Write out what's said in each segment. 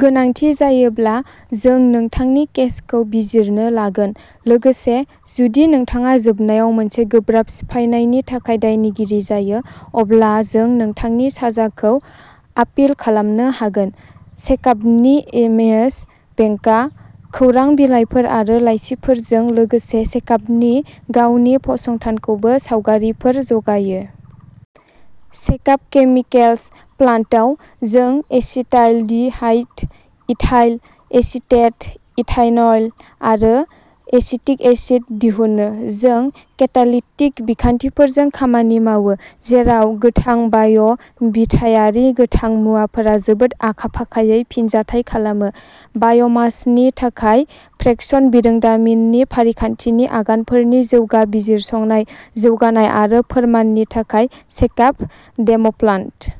गोनांथि जायोब्ला, जों नोंथांनि केसखौ बिजिरनो लागोन। लोगोसे, जुदि नोंथाङा जोबनायाव मोनसे गोब्राब सिफायनायनि थाखाय दायनिगिरि जायो, अब्ला जों नोंथांनि साजाखौ आपिल खालामनो हागोन। सेकाबनि इमेज बेंकआ खौरां बिलाइफोर आरो लाइसिफोरजों लोगोसे सेकाबनि गावनि फसंथानखौबो सावगारिफोर जगायो। सेकाब केमिकेल्स प्लान्टआव जों एसिटालडिहाइड, इथाइल एसिटेट, इथानल आरो एसिटिक एसिड दिहुनो। जों केतालिटिक बिखान्थिफोरजों खामानि मावो जेराव गोथां बाय'- बिथायारि गोथां मुवाफोरा जोबोद आखा-फाखायै फिनजाथाय खालामो। बायमासनि थाखाय फ्रेकशन बिरोंदामिननि फारिखान्थिनि आगानफोरनि जौगा बिजिरसंनाय, जौगानाय आरो फोरमाननि थाखाय सेकाब डेम'प्लान्ट।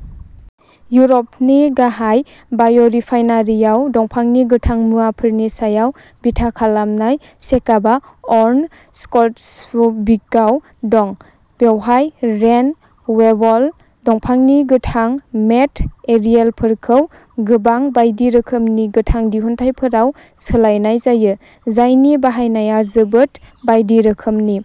इउरपनि गाहाय बाय'रिफाइनारिआव दंफांनि गोथां मुवाफोरनि सायाव बिथा खालामनाय सेकाबआ अर्न-स्कल्ड्सविकआव दं। बेवहाय रेन-वेबल दंफांनि गोथां मेट-एरियेलफोरखौ गोबां बायदि रोखोमनि गोथां दिहुनथायफोराव सोलायनाय जायो, जायनि बाहायनाया जोबोद बायदि रोखोमनि।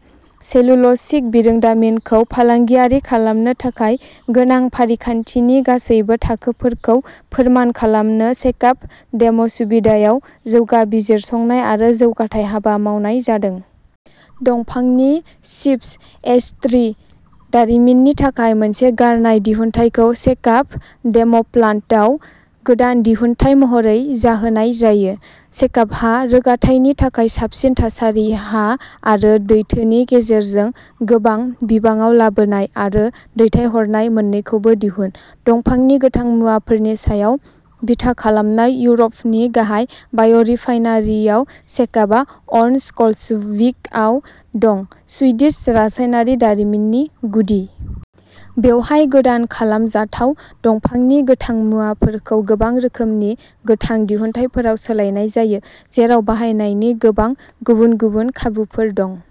सेलुल'सिक बिरोंदामिनखौ फालांगियारि खालामनो थाखाय गोनां फारिखान्थिनि गासैबो थाखोफोरखौ फोरमान खालामनो सेकाब डेम'सुबिदायाव जौगा बिजिरसंनाय आरो जौगाथाय हाबा मावनाय जादों। दंफांनि चिप्स, एस्ट्रि दारिमिननि थाखाय मोनसे गारनाय दिहुनथायखौ सेकाब डेम'प्लान्टआव गोदान दिहुनथाय महरै जाहोनाय जायो। सेकाबहा रोगाथायनि थाखाय साबसिन थासारि हा आरो लैथोनि गेजेरजों गोबां बिबाङाव लाबोनाय आरो दैथायहरनाय मोन्नैखौबो दिहुन। दंफांनि गोथां मुवाफोरनि सायाव बिथा खालामनाय इउरपनि गाहाय बाय'रिफाइनारिआव सेकाबआ अर्नस्कल्ड्सविकआव दं-सुइडिश रासायनारि दारिमिननि गुदि। बेवहाय गोदान खालाम जाथाव दंफांनि गोथां मुवाफोरखौ गोबां रोखोमनि गोथां दिहुनथायफोराव सोलायनाय जायो, जेराव बाहायनायनि गोबां गुबुन-गुबुन खाबुफोर दं।